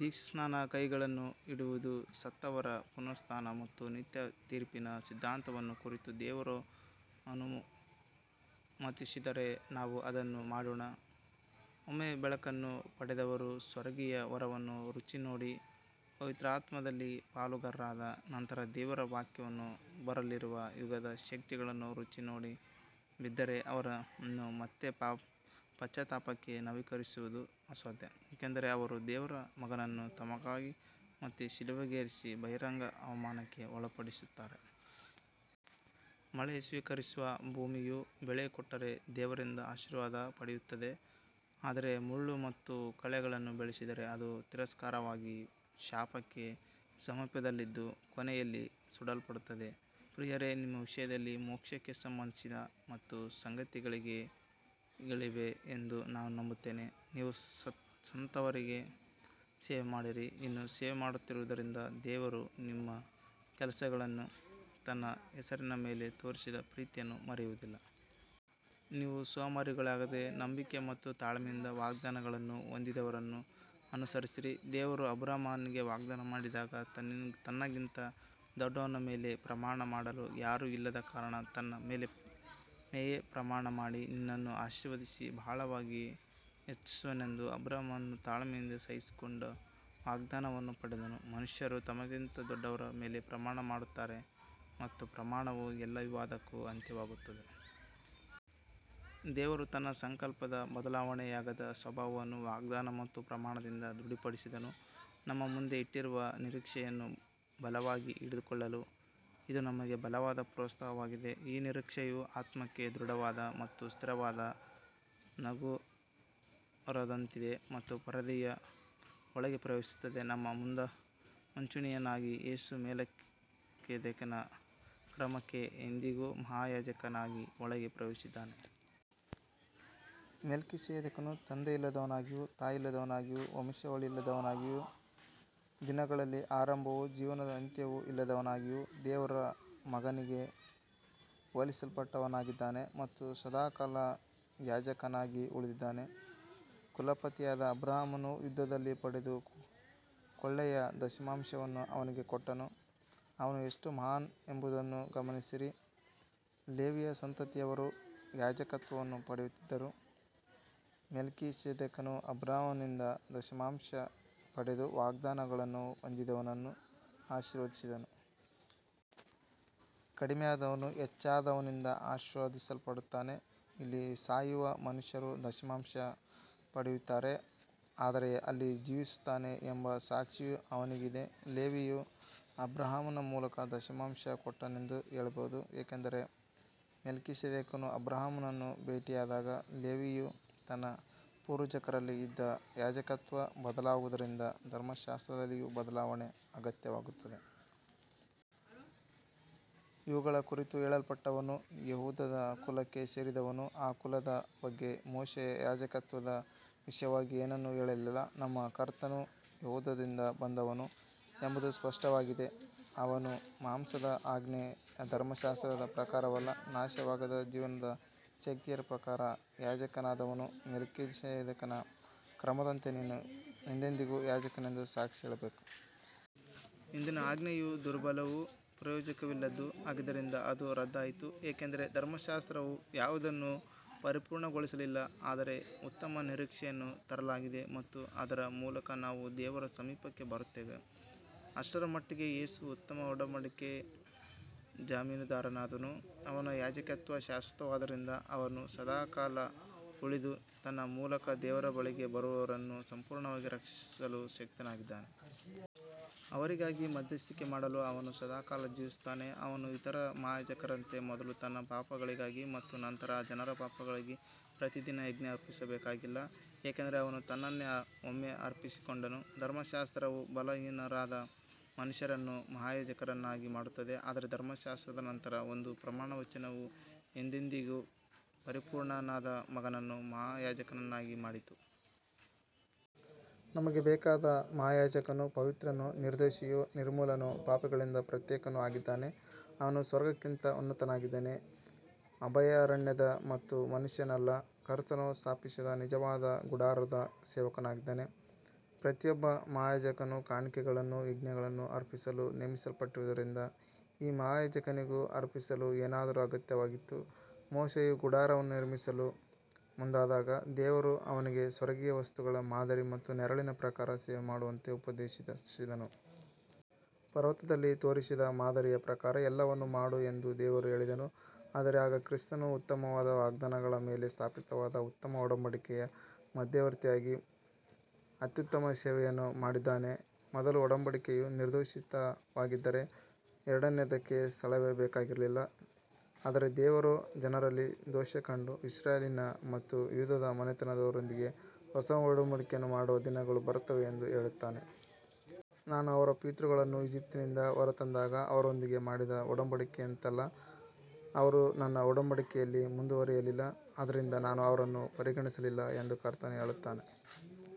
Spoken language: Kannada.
ದೀಕ್ಷಾಸ್ನಾನ ಕೈಗಳನ್ನು ಇಡುವುದು ಸತ್ತವರ ಪುನರುತ್ಥಾನ ಮತ್ತು ನಿತ್ಯ ತೀರ್ಪಿನ ಸಿದ್ಧಾಂತವನ್ನು ಕುರಿತು ದೇವರು ಅನುಮತಿಸಿದರೆ ನಾವು ಇದನ್ನು ಮಾಡೋಣ. ಒಮ್ಮೆ ಬೆಳಕನ್ನು ಪಡೆದವರು ಸ್ವರ್ಗೀಯ ವರವನ್ನು ರುಚಿನೋಡಿ ಪವಿತ್ರಾತ್ಮದಲ್ಲಿ ಪಾಲುಗಾರರಾದ ನಂತರ ದೇವರ ವಾಕ್ಯವನ್ನೂ ಬರಲಿರುವ ಯುಗದ ಶಕ್ತಿಗಳನ್ನೂ ರುಚಿನೋಡಿ ಬಿದ್ದರೆ ಅವರನ್ನು ಮತ್ತೆ ಪಶ್ಚಾತ್ತಾಪಕ್ಕೆ ನವೀಕರಿಸುವುದು ಅಸಾಧ್ಯ, ಏಕೆಂದರೆ ಅವರು ದೇವರ ಮಗನನ್ನು ತಮಗಾಗಿ ಮತ್ತೆ ಶಿಲುಬೆಗೇರಿಸಿ ಬಹಿರಂಗ ಅವಮಾನಕ್ಕೆ ಒಳಪಡಿಸುತ್ತಾರೆ. ಮಳೆ ಸ್ವೀಕರಿಸುವ ಭೂಮಿಯು ಬೆಳೆ ಕೊಟ್ಟರೆ ದೇವರಿಂದ ಆಶೀರ್ವಾದ ಪಡೆಯುತ್ತದೆ, ಆದರೆ ಮುಳ್ಳು ಮತ್ತು ಕಳೆಗಳನ್ನು ಬೆಳೆಸಿದರೆ ಅದು ತಿರಸ್ಕೃತವಾಗಿ ಶಾಪಕ್ಕೆ ಸಮೀಪದಲ್ಲಿದ್ದು ಕೊನೆಯಲ್ಲಿ ಸುಡಲ್ಪಡುತ್ತದೆ. ಪ್ರಿಯರೇ, ನಿಮ್ಮ ವಿಷಯದಲ್ಲಿ ಮೋಕ್ಷಕ್ಕೆ ಸಂಬಂಧಿಸಿದ ಉತ್ತಮ ಸಂಗತಿಗಳಿವೆ ಎಂದು ನಾವು ನಂಬುತ್ತೇವೆ. ನೀವು ಸಂತರಿಗೆ ಸೇವೆಮಾಡಿ ಇನ್ನೂ ಸೇವೆಮಾಡುತ್ತಿರುವುದರಿಂದ ದೇವರು ನಿಮ್ಮ ಕೆಲಸವನ್ನೂ ತನ್ನ ಹೆಸರಿನ ಮೇಲೆ ತೋರಿಸಿದ ಪ್ರೀತಿಯನ್ನೂ ಮರೆಯುವುದಿಲ್ಲ. ನೀವು ಸೋಮಾರಿಗಳಾಗದೆ ನಂಬಿಕೆ ಮತ್ತು ತಾಳ್ಮೆಯಿಂದ ವಾಗ್ದಾನಗಳನ್ನು ಹೊಂದಿದವರನ್ನು ಅನುಸರಿಸಿರಿ. ದೇವರು ಅಬ್ರಹಾಮನಿಗೆ ವಾಗ್ದಾನ ಮಾಡಿದಾಗ ತನ್ನಿಗಿಂತ ದೊಡ್ಡವನ ಮೇಲೆ ಪ್ರಮಾಣ ಮಾಡಲು ಯಾರೂ ಇಲ್ಲದ ಕಾರಣ ತನ್ನ ಮೇಲೆಯೇ ಪ್ರಮಾಣಮಾಡಿ ನಿನ್ನನ್ನು ಆಶೀರ್ವದಿಸಿ ಬಹಳವಾಗಿ ಹೆಚ್ಚಿಸುವೆನೆಂದನು. ಅಬ್ರಹಾಮನು ತಾಳ್ಮೆಯಿಂದ ಸಹಿಸಿಕೊಂಡು ವಾಗ್ದಾನವನ್ನು ಪಡೆದನು. ಮನುಷ್ಯರು ತಮಗಿಂತ ದೊಡ್ಡವರ ಮೇಲೆ ಪ್ರಮಾಣಮಾಡುತ್ತಾರೆ ಮತ್ತು ಪ್ರಮಾಣವು ಎಲ್ಲ ವಿವಾದಕ್ಕೂ ಅಂತ್ಯವಾಗುತ್ತದೆ. ದೇವರು ತನ್ನ ಸಂಕಲ್ಪದ ಬದಲಾವಣೆಯಾಗದ ಸ್ವಭಾವವನ್ನು ವಾಗ್ದಾನ ಮತ್ತು ಪ್ರಮಾಣದಿಂದ ದೃಢಪಡಿಸಿದನು. ನಮ್ಮ ಮುಂದೆ ಇಟ್ಟಿರುವ ನಿರೀಕ್ಷೆಯನ್ನು ಬಲವಾಗಿ ಹಿಡಿದುಕೊಳ್ಳಲು ಇದು ನಮಗೆ ಬಲವಾದ ಪ್ರೋತ್ಸಾಹವಾಗಿದೆ. ಈ ನಿರೀಕ್ಷೆಯು ಆತ್ಮಕ್ಕೆ ದೃಢವಾದ ಮತ್ತು ಸ್ಥಿರವಾದ ನಂಗೂರದಂತಿದೆ ಮತ್ತು ಪರದೆಯ ಒಳಗೆ ಪ್ರವೇಶಿಸುತ್ತದೆ. ನಮ್ಮ ಮುಂಚೂಣಿಗನಾಗಿ ಯೇಸು ಮೆಲ್ಕಿಸೆದೇಕನ ಕ್ರಮದಂತೆ ಎಂದೆಂದಿಗೂ ಮಹಾಯಾಜಕನಾಗಿ ಒಳಗೆ ಪ್ರವೇಶಿಸಿದ್ದಾನೆ. ಮೆಲ್ಕಿಸೆದೇಕನು ತಂದೆಯಿಲ್ಲದವನಾಗಿಯೂ ತಾಯಿಯಿಲ್ಲದವನಾಗಿಯೂ ವಂಶಾವಳಿಯಿಲ್ಲದವನಾಗಿಯೂ ದಿನಗಳ ಆರಂಭವೂ ಜೀವನದ ಅಂತ್ಯವೂ ಇಲ್ಲದವನಾಗಿಯೂ ದೇವರ ಮಗನಿಗೆ ಹೋಲಿಸಲ್ಪಟ್ಟವನಾಗಿದ್ದಾನೆ ಮತ್ತು ಸದಾಕಾಲ ಯಾಜಕನಾಗಿ ಉಳಿದಿದ್ದಾನೆ. ಕುಲಪತಿಯಾದ ಅಬ್ರಹಾಮನು ಯುದ್ಧದಲ್ಲಿ ಪಡೆದ ಕೊಳ್ಳೆಯ ದಶಮಾಂಶವನ್ನು ಅವನಿಗೆ ಕೊಟ್ಟನು. ಅವನು ಎಷ್ಟು ಮಹಾನ್ ಎಂಬುದನ್ನು ಗಮನಿಸಿರಿ. ಲೇವಿಯ ಸಂತತಿಯವರು ಯಾಜಕತ್ವವನ್ನು ಪಡೆಯುತ್ತಿದ್ದರೂ ಮೆಲ್ಕಿಸೆದೇಕನು ಅಬ್ರಹಾಮನಿಂದ ದಶಮಾಂಶ ಪಡೆದು ವಾಗ್ದಾನಗಳನ್ನು ಹೊಂದಿದವನನ್ನು ಆಶೀರ್ವದಿಸಿದನು. ಕಡಿಮೆಯಾದವನು ಹೆಚ್ಚಾದವನಿಂದ ಆಶೀರ್ವದಿಸಲ್ಪಡುತ್ತಾನೆ. ಇಲ್ಲಿ ಸಾಯುವ ಮನುಷ್ಯರು ದಶಮಾಂಶ ಪಡೆಯುತ್ತಾರೆ, ಆದರೆ ಅಲ್ಲಿ ಜೀವಿಸುತ್ತಾನೆ ಎಂಬ ಸಾಕ್ಷಿಯು ಅವನಿಗಿದೆ. ಲೇವಿಯೂ ಅಬ್ರಹಾಮನ ಮೂಲಕ ದಶಮಾಂಶ ಕೊಟ್ಟನೆಂದು ಹೇಳಬಹುದು, ಏಕೆಂದರೆ ಮೆಲ್ಕಿಸೆದೇಕನು ಅಬ್ರಹಾಮನನ್ನು ಭೇಟಿಯಾದಾಗ ಲೇವಿಯು ತನ್ನ ಪೂರ್ವಜನಲ್ಲಿ ಇದ್ದನು. ಯಾಜಕತ್ವ ಬದಲಾಗುವುದರಿಂದ ಧರ್ಮಶಾಸ್ತ್ರದಲ್ಲಿಯೂ ಬದಲಾವಣೆ ಅಗತ್ಯವಾಗುತ್ತದೆ. ಇವುಗಳ ಕುರಿತು ಹೇಳಲ್ಪಟ್ಟವನು ಯೆಹೂದ ಕುಲಕ್ಕೆ ಸೇರಿದವನು, ಆ ಕುಲದ ಬಗ್ಗೆ ಮೋಶೆಯು ಯಾಜಕತ್ವದ ವಿಷಯವಾಗಿ ಏನನ್ನೂ ಹೇಳಲಿಲ್ಲ. ನಮ್ಮ ಕರ್ತನು ಯೆಹೂದದಿಂದ ಬಂದವನು ಎಂಬುದು ಸ್ಪಷ್ಟವಾಗಿದೆ. ಅವನು ಮಾಂಸದ ಆಜ್ಞೆಯ ಧರ್ಮಶಾಸ್ತ್ರದ ಪ್ರಕಾರವಲ್ಲ, ನಾಶವಾಗದ ಜೀವನದ ಶಕ್ತಿಯ ಪ್ರಕಾರ ಯಾಜಕನಾದನು. ಮೆಲ್ಕಿಸೆದೇಕನ ಕ್ರಮದಂತೆ ನೀನು ಎಂದೆಂದಿಗೂ ಯಾಜಕನೆಂದು ಸಾಕ್ಷಿ ಹೇಳಲಾಗಿದೆ. ಹಿಂದಿನ ಆಜ್ಞೆಯು ದುರ್ಬಲವೂ ಪ್ರಯೋಜನವಿಲ್ಲದ್ದೂ ಆಗಿದ್ದರಿಂದ ಅದು ರದ್ದಾಯಿತು, ಏಕೆಂದರೆ ಧರ್ಮಶಾಸ್ತ್ರವು ಯಾವುದನ್ನೂ ಪರಿಪೂರ್ಣಗೊಳಿಸಲಿಲ್ಲ. ಆದರೆ ಉತ್ತಮ ನಿರೀಕ್ಷೆಯನ್ನು ತರಲಾಗಿದೆ ಮತ್ತು ಅದರ ಮೂಲಕ ನಾವು ದೇವರ ಸಮೀಪಕ್ಕೆ ಬರುತ್ತೇವೆ. ಅಷ್ಟರಮಟ್ಟಿಗೆ ಯೇಸು ಉತ್ತಮ ಒಡಂಬಡಿಕೆಯ ಜಾಮೀನುದಾರನಾದನು. ಅವನ ಯಾಜಕತ್ವ ಶಾಶ್ವತವಾದುದರಿಂದ ಅವನು ಸದಾಕಾಲ ಉಳಿದು ತನ್ನ ಮೂಲಕ ದೇವರ ಬಳಿಗೆ ಬರುವವರನ್ನು ಸಂಪೂರ್ಣವಾಗಿ ರಕ್ಷಿಸಲು ಶಕ್ತನಾಗಿದ್ದಾನೆ. ಅವರಿಗಾಗಿ ಮಧ್ಯಸ್ಥಿಕೆ ಮಾಡಲು ಅವನು ಸದಾ ಜೀವಿಸುತ್ತಾನೆ. ಅವನು ಇತರ ಮಹಾಯಾಜಕರಂತೆ ಮೊದಲು ತನ್ನ ಪಾಪಗಳಿಗಾಗಿ ಮತ್ತು ನಂತರ ಜನರ ಪಾಪಗಳಿಗಾಗಿ ಪ್ರತಿದಿನ ಯಜ್ಞ ಅರ್ಪಿಸಬೇಕಾಗಿಲ್ಲ, ಏಕೆಂದರೆ ಅವನು ತನ್ನನ್ನೇ ಒಮ್ಮೆ ಅರ್ಪಿಸಿಕೊಂಡನು. ಧರ್ಮಶಾಸ್ತ್ರವು ಬಲಹೀನರಾದ ಮನುಷ್ಯರನ್ನು ಮಹಾಯಾಜಕರನ್ನಾಗಿ ಮಾಡುತ್ತದೆ, ಆದರೆ ಧರ್ಮಶಾಸ್ತ್ರದ ನಂತರ ಬಂದ ಪ್ರಮಾಣವಚನವು ಎಂದೆಂದಿಗೂ ಪರಿಪೂರ್ಣನಾದ ಮಗನನ್ನು ಮಹಾಯಾಜಕನನ್ನಾಗಿ ಮಾಡಿತು. ನಮಗೆ ಬೇಕಾದ ಮಹಾಯಾಜಕನು ಪವಿತ್ರನೂ ನಿರ್ದೋಷಿಯೂ ನಿರ್ಮಲನೂ ಪಾಪಿಗಳಿಂದ ಪ್ರತ್ಯೇಕನೂ ಆಗಿದ್ದಾನೆ. ಅವನು ಸ್ವರ್ಗಕ್ಕಿಂತಲೂ ಉನ್ನತನಾಗಿದ್ದಾನೆ. ಅಭಯಾರಣ್ಯದ ಮತ್ತು ಮನುಷ್ಯನಲ್ಲ, ಕರ್ತನು ಸ್ಥಾಪಿಸಿದ ನಿಜವಾದ ಗುಡಾರದ ಸೇವಕನಾಗಿದ್ದಾನೆ. ಪ್ರತಿಯೊಬ್ಬ ಮಹಾಯಾಜಕನು ಕಾಣಿಕೆಗಳನ್ನೂ ಯಜ್ಞಗಳನ್ನೂ ಅರ್ಪಿಸಲು ನೇಮಿಸಲ್ಪಟ್ಟಿರುವುದರಿಂದ ಈ ಮಹಾಯಾಜಕನಿಗೂ ಅರ್ಪಿಸಲು ಏನಾದರೂ ಅಗತ್ಯವಾಗಿತ್ತು. ಮೋಶೆಯು ಗುಡಾರವನ್ನು ನಿರ್ಮಿಸಲು ಮುಂದಾದಾಗ ದೇವರು ಅವನಿಗೆ ಸ್ವರ್ಗೀಯ ವಸ್ತುಗಳ ಮಾದರಿ ಮತ್ತು ನೆರಳಿನ ಪ್ರಕಾರ ಸೇವೆಮಾಡುವಂತೆ ಉಪದೇಶಿಸಿದನು. ಪರ್ವತದಲ್ಲಿ ತೋರಿಸಿದ ಮಾದರಿಯ ಪ್ರಕಾರ ಎಲ್ಲವನ್ನೂ ಮಾಡು ಎಂದು ದೇವರು ಹೇಳಿದನು. ಆದರೆ ಈಗ ಕ್ರಿಸ್ತನು ಉತ್ತಮವಾದ ವಾಗ್ದಾನಗಳ ಮೇಲೆ ಸ್ಥಾಪಿತವಾದ ಉತ್ತಮ ಒಡಂಬಡಿಕೆಯ ಮಧ್ಯವರ್ತಿಯಾಗಿ ಅತ್ಯುತ್ತಮ ಸೇವೆಯನ್ನು ಪಡೆದಿದ್ದಾನೆ. ಮೊದಲ ಒಡಂಬಡಿಕೆಯು ದೋಷರಹಿತವಾಗಿದ್ದರೆ ಎರಡನೆಯದಕ್ಕೆ ಸ್ಥಳವೇ ಬೇಕಾಗಿರಲಿಲ್ಲ. ಆದರೆ ದೇವರು ಜನರಲ್ಲಿ ದೋಷ ಕಂಡು, ಇಸ್ರಾಯೇಲಿನ ಮತ್ತು ಯೂದದ ಮನೆತನದವರೊಂದಿಗೆ ಹೊಸ ಒಡಂಬಡಿಕೆಯನ್ನು ಮಾಡುವ ದಿನಗಳು ಬರುತ್ತವೆ ಎಂದು ಹೇಳುತ್ತಾನೆ. ನಾನು ಅವರ ಪಿತೃಗಳನ್ನು ಈಜಿಪ್ಟಿನಿಂದ ಹೊರತಂದಾಗ ಅವರೊಂದಿಗೆ ಮಾಡಿದ ಒಡಂಬಡಿಕೆಯಂತಲ್ಲ. ಅವರು ನನ್ನ ಒಡಂಬಡಿಕೆಯಲ್ಲಿ ಮುಂದುವರಿಯಲಿಲ್ಲ, ಆದ್ದರಿಂದ ನಾನು ಅವರನ್ನು ಪರಿಗಣಿಸಲಿಲ್ಲ ಎಂದು ಕರ್ತನು ಹೇಳುತ್ತಾನೆ.